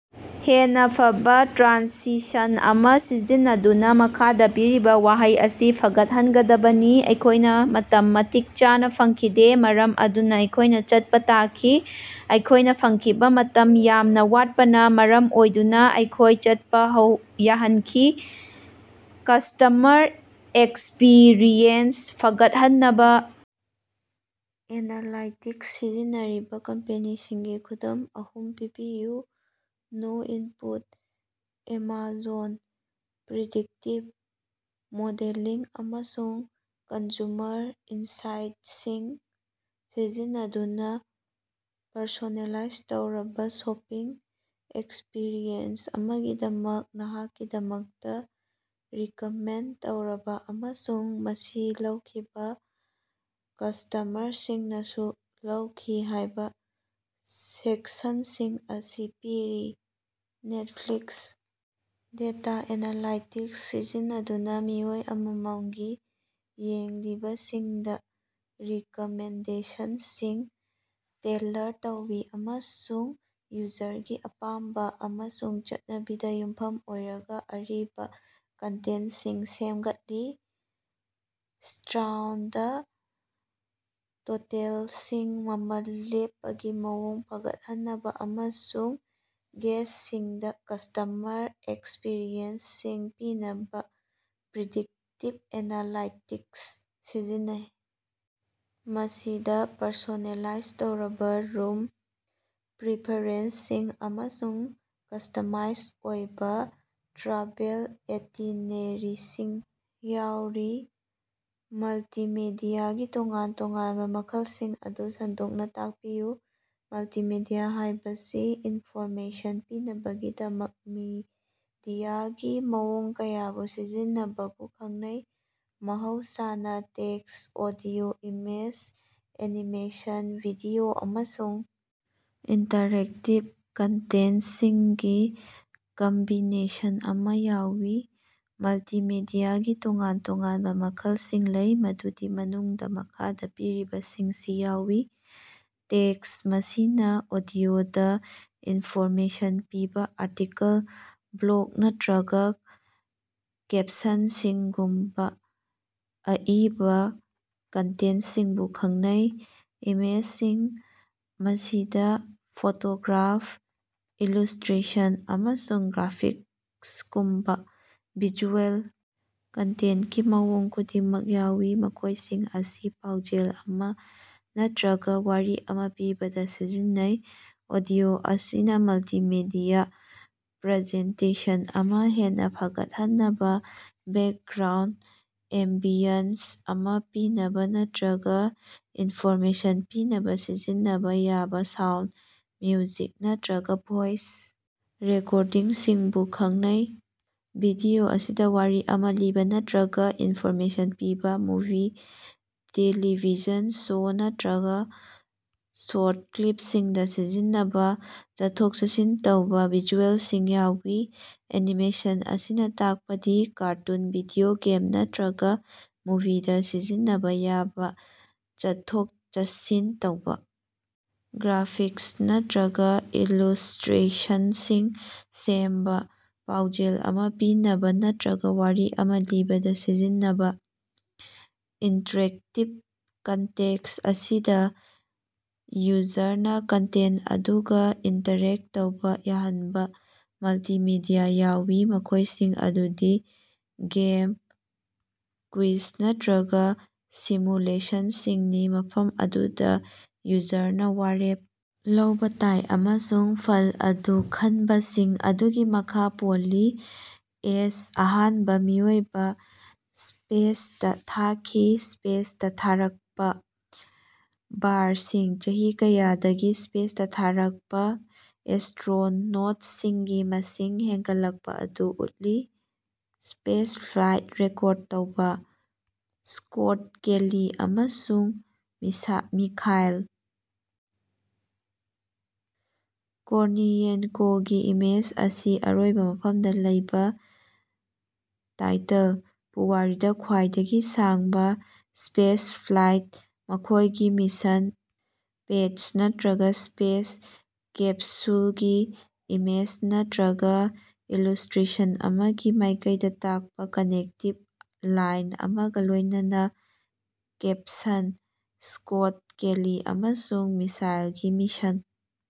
ꯍꯦꯟꯅꯥ ꯐꯕꯥ ꯇ꯭ꯔꯥꯟꯁꯤꯁꯟ ꯑꯃ ꯁꯤꯖꯤꯟꯅꯗꯨꯅ ꯃꯈꯥꯗ ꯄꯤꯔꯤꯕ ꯋꯥꯍꯩ ꯑꯁꯤ ꯐꯒꯠꯍꯟꯒꯗꯕꯅꯤ꯫ ꯑꯩꯈꯣꯏꯅ ꯃꯇꯝ ꯃꯇꯤꯛ ꯆꯥꯅ ꯐꯪꯈꯤꯗꯦ ꯃꯔꯝ ꯑꯗꯨꯅ ꯑꯩꯈꯣꯏꯅ ꯆꯠꯄ ꯇꯥꯈꯤ꯫ ꯑꯩꯈꯣꯏꯅ ꯐꯪꯈꯤꯕ ꯃꯇꯝ ꯌꯥꯝꯅ ꯋꯥꯠꯄꯅ ꯃꯔꯝ ꯑꯣꯏꯗꯨꯅ ꯑꯩꯈꯣꯏ ꯆꯠꯄ ꯌꯥꯍꯟꯈꯤ꯫ ꯀ꯭ꯁꯇꯃꯔ ꯑꯦꯛꯁꯄꯤꯔꯤꯑꯦꯟꯁ ꯐꯒꯠꯍꯟꯅꯕ ꯑꯦꯅꯥꯂꯥꯏꯇꯤꯛꯁ ꯁꯤꯖꯤꯟꯅꯔꯤꯕ ꯀꯝꯄꯦꯅꯤꯁꯤꯡꯒꯤ ꯈꯨꯗꯝ ꯑꯍꯨꯝ ꯊꯤꯕꯤꯌꯨ꯫ No input. Amazon predictive modelling ꯑꯃꯁꯨꯡ ꯀꯟꯖꯨꯃꯔ ꯏꯟꯁꯥꯏꯠꯁꯤꯡ ꯁꯤꯖꯤꯟꯅꯗꯨꯅ ꯄꯔꯁꯣꯅꯦꯂꯥꯏꯖ ꯇꯧꯔꯕ ꯁꯣꯄꯤꯡ ꯑꯦꯛꯁꯄꯤꯔꯤꯑꯦꯟꯁ ꯑꯃꯒꯤꯗꯃꯛ "ꯅꯍꯥꯛꯀꯤꯗꯃꯛꯇ ꯔꯤꯀꯃꯦꯟꯗ ꯇꯧꯔꯕꯥ" ꯑꯃꯁꯨꯡ "ꯃꯁꯤ ꯂꯧꯈꯤꯕ ꯀ꯭ꯁꯇꯃꯔꯁꯤꯡꯅꯁꯨ ꯂꯧꯈꯤ" ꯍꯥꯏꯕ ꯁꯦꯛꯁꯟꯁꯤꯡ ꯑꯁꯤ ꯄꯤꯔꯤ꯫ ꯅꯦꯠꯐ꯭ꯂꯤꯛꯁ ꯗꯦꯇ ꯑꯦꯅꯥꯂꯥꯏꯇꯤꯛꯁ ꯁꯤꯖꯤꯟꯅꯗꯨꯅ ꯃꯤꯑꯣꯏ ꯑꯃꯃꯝꯒꯤ ꯌꯦꯡꯂꯤꯕꯁꯤꯡꯗ ꯔꯤꯀꯃꯦꯟꯗꯦꯁꯟꯁꯤꯡ ꯇꯦꯜꯂꯔ ꯇꯧꯏ ꯑꯃꯁꯨꯡ ꯌꯨꯖꯔꯒꯤ ꯑꯄꯥꯥꯝꯕ ꯑꯃꯁꯨꯡ ꯆꯠꯅꯕꯤꯗ ꯌꯨꯝꯐꯝ ꯑꯣꯏꯔꯒ ꯑꯔꯤꯕ ꯀꯟꯇꯦꯟꯠꯁꯤꯡ ꯁꯦꯝꯒꯠꯂꯤ꯫ ꯁ꯭ꯇꯥꯔꯎꯗ ꯍꯣꯇꯦꯜꯁꯤꯡ ꯃꯃꯜ ꯂꯦꯞꯄꯒꯤ ꯃꯑꯣꯡ ꯐꯒꯠꯍꯟꯅꯕ ꯑꯃꯁꯨꯡ ꯒꯦꯁꯁꯤꯡꯗ ꯀ꯭ꯁꯇꯃꯔ ꯑꯦꯛꯁꯄꯔꯤꯌꯦꯟꯁꯁꯤꯡ ꯄꯤꯅꯕ ꯄ꯭ꯔꯤꯗꯤꯛꯇꯤꯚ ꯑꯦꯅꯥꯂꯥꯏꯇꯤꯛꯁ ꯁꯤꯖꯤꯟꯅꯩ, ꯃꯁꯤꯗ ꯄꯔꯁꯣꯅꯦꯂꯥꯏꯖ ꯇꯧꯔꯕ ꯔꯨꯝ ꯄ꯭ꯔꯤꯐꯦꯔꯦꯟꯁꯁꯤꯡ ꯑꯃꯁꯨꯡ ꯀ꯭ꯁꯇꯃꯥꯏꯁ ꯑꯣꯏꯕ ꯇ꯭ꯔꯥꯚꯦꯜ ꯑꯥꯏꯇꯤꯅꯦꯔꯤꯁꯤꯡ ꯌꯥꯎꯔꯤ꯫ ꯃꯜꯇꯤꯃꯦꯗꯤꯌꯥꯒꯤ ꯇꯣꯉꯥꯟ-ꯇꯣꯉꯥꯟꯕ ꯃꯈꯜꯁꯤꯡ ꯑꯗꯨ ꯁꯟꯗꯣꯛꯅ ꯇꯥꯛꯄꯤꯌꯨ꯫ ꯃꯜꯇꯤꯃꯤꯗꯤꯌꯥ ꯍꯥꯏꯕꯁꯤ ꯏꯟꯐꯣꯔꯃꯦꯁꯟ ꯄꯤꯅꯕꯒꯤꯗꯃꯛ ꯃꯤꯗꯤꯌꯥꯒꯤ ꯃꯑꯣꯡ ꯀꯌꯥꯕꯨ ꯁꯤꯖꯤꯟꯅꯕꯕꯨ ꯈꯪꯅꯩ, ꯃꯍꯧꯁꯥꯅ text, audio, image, animation, video, ꯑꯃꯁꯨꯡ ꯏꯟꯇꯔꯦꯛꯇꯤꯚ ꯀꯟꯇꯦꯟꯇꯁꯤꯡꯒꯤ ꯀꯝꯕꯤꯅꯦꯁꯟ ꯑꯃ ꯌꯥꯎꯏ꯫ ꯃꯜꯇꯤꯃꯦꯗꯤꯌꯥꯒꯤ ꯇꯣꯉꯥꯟ-ꯇꯣꯉꯥꯟꯕ ꯃꯈꯜꯁꯤꯡ ꯂꯩ, ꯃꯗꯨꯒꯤ ꯃꯅꯨꯡꯗ ꯃꯈꯥꯗ ꯄꯤꯔꯤꯕꯁꯤꯡꯁꯤ ꯌꯥꯎꯏ: ꯇꯦꯛꯁ ꯃꯁꯤꯅ ꯑꯣꯗꯤꯑꯣꯗꯥ ꯏꯟꯐꯣꯔꯃꯦꯁꯟ ꯄꯤꯕ ꯑꯥꯔꯇꯤꯀꯜ, ꯕ꯭ꯂꯣꯒ ꯅꯠꯇꯔꯒ ꯀꯦꯞꯁꯟꯁꯤꯡꯒꯨꯝꯕ ꯑꯏꯕ ꯀꯟꯇꯦꯟꯠꯁꯤꯡꯕꯨ ꯈꯪꯅꯩ꯫ ꯏꯃꯦꯖꯁꯤꯡ ꯃꯁꯤꯗ ꯐꯣꯇꯣꯒ꯭ꯔꯥꯐ, ꯏꯂꯨꯁꯇ꯭ꯔꯦꯁꯟ, ꯑꯃꯁꯨꯡ ꯒ꯭ꯔꯥꯐꯤꯛꯁꯒꯨꯝꯕ ꯚꯤꯖꯨꯑꯦꯜ ꯀꯟꯇꯦꯟꯠꯀꯤ ꯃꯑꯣꯡ ꯈꯨꯗꯤꯡꯃꯛ ꯌꯥꯎꯏ, ꯃꯈꯣꯏꯁꯤꯡ ꯑꯁꯤ ꯄꯥꯎꯖꯦꯜ ꯑꯃ ꯅꯠꯇꯔꯒ ꯋꯥꯔꯤ ꯑꯃ ꯄꯤꯕꯗ ꯁꯤꯖꯤꯟꯅꯩ꯫ ꯑꯣꯗꯤꯑꯣ ꯑꯁꯤꯅ ꯃꯜꯇꯤꯃꯤꯗꯤꯌ ꯄ꯭ꯔꯖꯦꯟꯇꯦꯁꯟ ꯑꯃ ꯍꯦꯟꯅ ꯐꯒꯠꯍꯟꯅꯕ, ꯕꯦꯛꯒ꯭ꯔꯥꯎꯟꯗ ꯑꯦꯝꯕꯤꯌꯟꯁ ꯑꯃꯥ ꯄꯤꯅꯕ ꯅꯠꯇꯔꯒ ꯏꯟꯐꯣꯔꯃꯦꯁꯟ ꯄꯤꯅꯕ ꯁꯤꯖꯤꯟꯅꯕ ꯌꯥꯕꯥ ꯁꯥꯎꯟꯗ, ꯃ꯭ꯌꯨꯖꯤꯛ ꯅꯠꯇꯔꯒ ꯚꯣꯏꯁ ꯔꯦꯀꯣꯔꯗꯤꯡꯁꯤꯡꯕꯨ ꯈꯪꯅꯩ꯫ ꯚꯤꯗꯤꯑꯣ ꯑꯁꯤꯗ ꯋꯥꯔꯤ ꯑꯃ ꯂꯤꯕ ꯅꯠꯇꯔꯒ ꯏꯟꯐꯣꯔꯃꯦꯁꯟ ꯄꯤꯕ, ꯃꯨꯚꯤ, ꯇꯦꯂꯤꯚꯤꯖꯟ ꯁꯣ ꯅꯠꯇꯔꯒꯥ ꯁ꯭ꯣꯔꯠ ꯀ꯭ꯂꯤꯄꯁꯤꯡꯗ ꯁꯤꯖꯤꯟꯅꯕ ꯆꯠꯊꯣꯛ-ꯆꯠꯁꯤꯟ ꯇꯧꯕ ꯚꯤꯖꯨꯑꯦꯜꯁꯤꯡ ꯌꯥꯎꯏ꯫ ꯑꯦꯅꯤꯃꯦꯁꯟ ꯑꯁꯤꯅ ꯇꯥꯛꯄꯗꯤ ꯀꯥꯔꯇꯨꯟ, ꯚꯤꯗꯤꯑꯣ ꯒꯦꯝ ꯅꯠꯇꯔꯒ ꯃꯨꯚꯤꯗ ꯁꯤꯖꯤꯟꯅꯕ ꯌꯥꯕꯥ ꯆꯠꯊꯣꯛ-ꯆꯠꯁꯤꯟ ꯇꯧꯕ ꯒ꯭ꯔꯥꯐꯤꯛꯁ ꯅꯠꯇꯔꯒ ꯏꯂꯨ꯭ꯁꯇꯔꯦꯁꯟꯁꯤꯡ ꯁꯦꯝꯕ, ꯄꯥꯎꯖꯦꯜ ꯑꯃ ꯄꯤꯅꯕ ꯅꯠꯇꯔꯒ ꯋꯥꯔꯤ ꯑꯃ ꯂꯤꯕꯗ ꯁꯤꯖꯤꯟꯅꯕ꯫ ꯏꯟꯇꯔꯦꯛꯇꯤꯕ ꯀꯟꯇꯦꯟꯠ ꯑꯁꯤꯗ ꯌꯨꯖꯔꯅ ꯀꯟꯇꯦꯟꯠ ꯑꯗꯨꯒ ꯏꯟꯇꯔꯦꯛ ꯇꯧꯕ ꯌꯥꯍꯟꯕ ꯃꯜꯇꯤꯃꯦꯗꯤꯌ ꯌꯥꯎꯏ, ꯃꯈꯣꯏꯁꯤꯡ ꯑꯗꯨꯗꯤ ꯒꯦꯝ, ꯀ꯭ꯋꯤꯖ, ꯅꯠꯇꯔꯒ ꯁꯤꯃꯨꯂꯦꯁꯟꯁꯤꯡꯅꯤ, ꯃꯐꯝ ꯑꯗꯨꯗ ꯌꯨꯖꯔꯅ ꯋꯥꯔꯦꯞ ꯂꯧꯕ ꯇꯥꯏ, ꯑꯃꯁꯨꯡ ꯐꯜ ꯑꯗꯨ ꯈꯟꯕꯁꯤꯡ ꯑꯗꯨꯒꯤ ꯃꯈꯥ ꯄꯣꯜꯂꯤ꯫ ꯑꯦꯁ, ꯑꯍꯥꯟꯕ ꯃꯤꯑꯣꯏꯕ ꯁ꯭ꯄꯦꯁꯇꯥ ꯊꯥꯈꯤ꯫ ꯁ꯭ꯄꯦꯁꯇꯥ ꯊꯥꯔꯛꯄ꯫ ꯕꯥꯔꯁꯤꯡ: ꯆꯍꯤ ꯀꯌꯥꯗꯒꯤ ꯁ꯭ꯄꯦꯁꯇ ꯊꯥꯔꯛꯄ ꯑꯦꯁꯇ꯭ꯔꯣꯅꯣꯠꯁꯤꯡꯒꯤ ꯃꯁꯤꯡ ꯍꯦꯡꯒꯠꯂꯛꯄ ꯑꯗꯨ ꯎꯠꯂꯤ꯫ ꯁ꯭ꯄꯦꯁꯐ꯭ꯂꯥꯏꯠ ꯔꯦꯀ꯭ꯣꯔꯗ ꯇꯧꯕꯥ: ꯁ꯭ꯀꯣꯠ ꯀꯦꯂꯤ ꯑꯃꯁꯨꯡ ꯃꯤꯈꯥꯏꯜ ꯀꯣꯔꯅꯤꯌꯦꯟꯀꯣꯒꯤ ꯏꯃꯦꯖ ꯑꯁꯤ ꯑꯔꯣꯏꯕ ꯃꯐꯃꯗ ꯂꯩꯕ ꯇꯥꯏꯇꯜ: ꯄꯨꯋꯥꯔꯤꯗ ꯈ꯭ꯋꯥꯏꯗꯒꯤ ꯁꯥꯡꯕ ꯁ꯭ꯄꯦꯁꯐ꯭ꯂꯥꯏꯠ, ꯃꯈꯣꯏꯒꯤ ꯃꯤꯁꯟ ꯄꯦꯠꯆ ꯅꯠꯇꯔꯒ ꯁ꯭ꯄꯦꯁ ꯀꯦꯞꯁꯨꯂꯒꯤ ꯏꯃꯦꯖ ꯅꯠꯇꯔꯒ ꯏꯂꯨ꯭ꯁꯇ꯭ꯔꯦꯁꯟ ꯑꯃꯒꯤ ꯃꯥꯏꯀꯩꯗ ꯇꯥꯛꯄ ꯀꯅꯦꯛꯇꯤꯡ ꯂꯥꯏꯟ ꯑꯃꯒꯥ ꯂꯣꯏꯅꯅ ꯀꯦꯞꯁꯟ: ꯁ꯭ꯀꯣꯠ ꯀꯦꯂꯤ ꯑꯃꯁꯨꯡ ꯃꯤꯈꯥꯏꯂꯒꯤ ꯃꯤꯁꯟ꯫